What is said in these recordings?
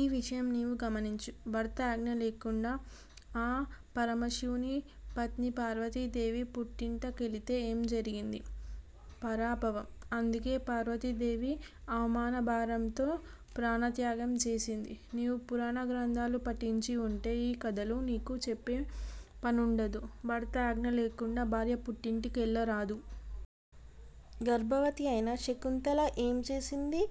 ఈ విషయం నీవు గమనించు. భర్త అజ్ఞ లేకుండా ఆ పరమ శివుని పత్ని పార్వతీదేవి పుట్టింటి కెళితే ఏం జరిగింది? పరాభవం: అందుకే పార్వతీదేవి అవమానభారంతో ప్రాణత్యాగం చేసింది. నీవు పురాణ గ్రంధాలు పఠించి వుంటే ఈ కధలు నీకు చెప్పే పనుండదు. భర్త అజ్ఞ లేకుండా భార్య పుట్టింటి కెళ్ళరాదు. గర్భవతి అయిన శకుంతల ఏం చేసింది?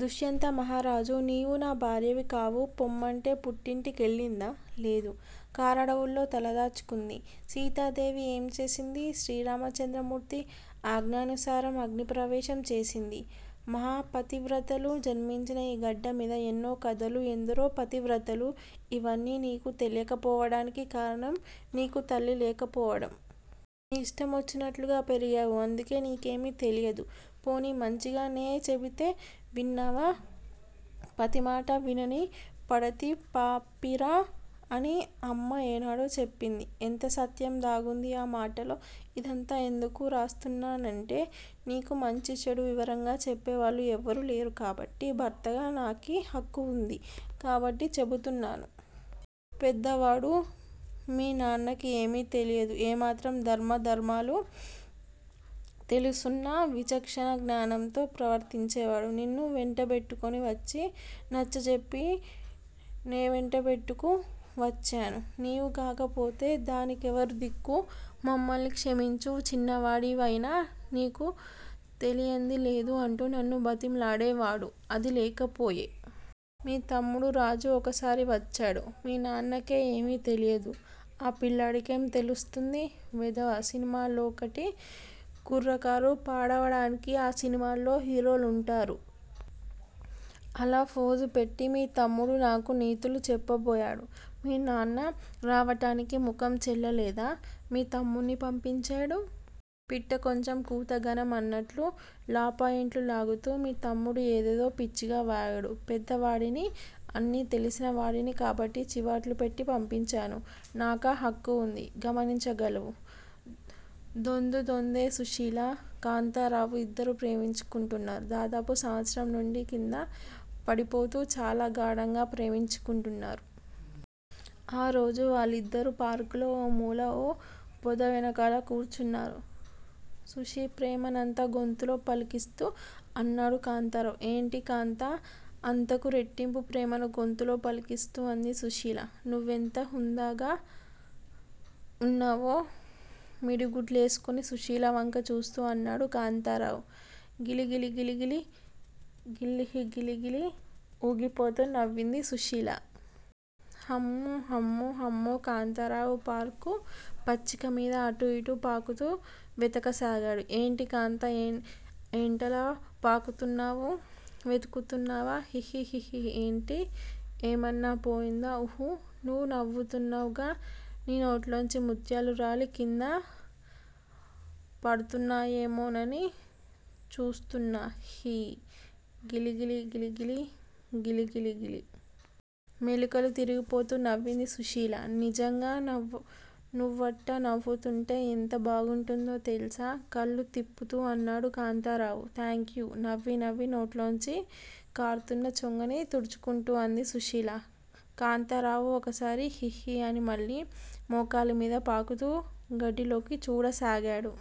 దుష్యంత మహారాజు నీవు నా భార్యవి కావు పొమ్మంటే పుట్టింటి కెళ్ళిందా? లేదు. కారడువుల్లో తలదాచుకుంది. సీతాదేవి ఏం చేసింది? శ్రీరామచంద్రమూర్తి అజ్ఞానుసారం అగ్ని ప్రవేశం చేసింది. మహాపతివ్రతలు జన్మించిన ఈ గడ్డ మీద ఎన్నో కధలు, ఎందరో పతివ్రతలు- ఇవన్నీ నీకు తెలియక పోవటానికి కారణం నీకు తల్లి లేకపోవటం. నీ ఇష్టమొచ్చినట్లు పెరిగావు, అందుకే నీకేమి తెలియదు. పోనీ మంచిగా నే చెబితే విన్నావా! పతిమాట వినని పడతి పాపిరా అని అమ్మ ఏనాడో చెప్పింది. ఎంత సత్యం దాగుంది ఆ మాటలో, ఇదంతా ఎందుకు రాస్తున్నానంటే నీకు మంచి-చెడు వివరంగా చెప్పేవాళ్ళు ఎవ్వరు లేరు కాబట్టే భర్తగా నాకీ హక్కు వుంది కాబట్టే చెపుతున్నాను. పెద్దవాడు, మీ నాన్నకి ఏమి తెలియదు. ఏమాత్రం ధర్మా ధర్మాలు తెలిసున్నా విచక్షణ జ్ఞానంతో ప్రవర్తించేవాడు. నిన్ను వెంటబెట్టుకు వచ్చి, నచ్చజెప్పి నే వెంటబెట్టుకు వచ్చాను, నీవు గాకపోతే దానికెవరు దిక్కు, మమ్మల్ని క్షమించు చిన్నవాడివయినా నీకు తెలియంది లేదు అంటూ నన్ను బతిమిలాడేవాడే, అది లేకపోయె. నీ తమ్ముడు రాజు ఓసారి వచ్చాడు. మీనాన్నకే ఏమి తెలియదు, ఆ పిల్లాడికేం తెలిస్తుంది? వెధవ సినిమలోకటి, కుర్రకారు పాడవటానికి, ఆ సినిమాల్లో హిరోలుంటారు. అలా ఫోజు పెట్టి మీ తమ్ముడు నాకు నీతులు చెప్పబోయాడు, మీ నాన్న రావటానికి ముఖం చెల్లలేదా? మీ తమ్ముణ్ని పంపించాడు? పిట్ట కొంచం కూత ఘనం అన్నట్లు లాపాయింట్లు లాగుతూ మీ తమ్ముడు ఏదేదో పిచ్చిగా వాగాడు. పెద్దవాడిని, అన్ని తెలిసినవాడిని కాబట్టి చివాట్లు పెట్టి పంపించాను. నాకా హక్కు వుంది. గమనించగలవు. దొందూ దొందే సుశీలా, కాంతారావు ఇద్దరూ ప్రేమించుకుంటున్నారు. దాదాపు సంవత్సరం నుండీ కిందా పడిపోతూ చాలా గాఢంగా ప్రేమించుకుంటున్నారు. ఆరోజు వాళ్లిద్దరూ పార్కులో ఓ మూల ఓ పొదవెనకాల కూర్చున్నారు. సుశీ ప్రేమనంతా గొంతులో పలికిస్తూ అన్నాడు కాంతారావు. ఏంటి కాంతా అంతకు రెట్టింపు ప్రేమను గొంతులో పలికిస్తూ అంది సుశీల. నువ్వెంత హందంగా ఉన్నవో?! మిడిగుడ్లేస్కుని సుశీల వంక చూస్తూ అన్నాడు కాంతారావు. గిలి గిలిగిలిగిలి గిహ్హిలి గిలిగిలి ఊగిపోతూ నవ్వింది సుశీల. హమ్మో హమ్మో హమ్మో కాంతారావు పార్కు పచ్చికమీద అటూ ఇటూ పాకుతూ వెతకసాగాడు. ఏంటి కాంతా ఏంటలా పాకుతున్నావ్? వెతుకుతున్నా హి హిహి ఏంటి? ఏమన్నా పోయిందా? ఉహు నువ్ నవ్వుతున్నావ్ గా నీ నోట్లోంచి ముత్యాలు రాలి కింద పడ్తున్నాయేమోనని చూస్తున్నా హి గిలి గిలి గిలిగిలి గిహ్హిలిగిలి గిలి! మెలికలు తిరిగిపోతూ నవ్వింది సుశీల. నిజ్జంగా నువ్వట్టా నవ్వుతుంటే ఎంత బాగుంటుందో తెల్సా? కళ్ళు తిప్పుతూ అన్నాడు కాంతారావు. థాంక్యూ నవ్వీ నవ్వీ నోట్లోంచి కార్తున్న చొంగని తుడ్చుకుంటూ అంది సుశీల. కాంతారావు ఓసారి హిహి అని మళ్ళీ మోకాలి మీద పాకుతూ గడ్డిలోకి చూడసాగాడు.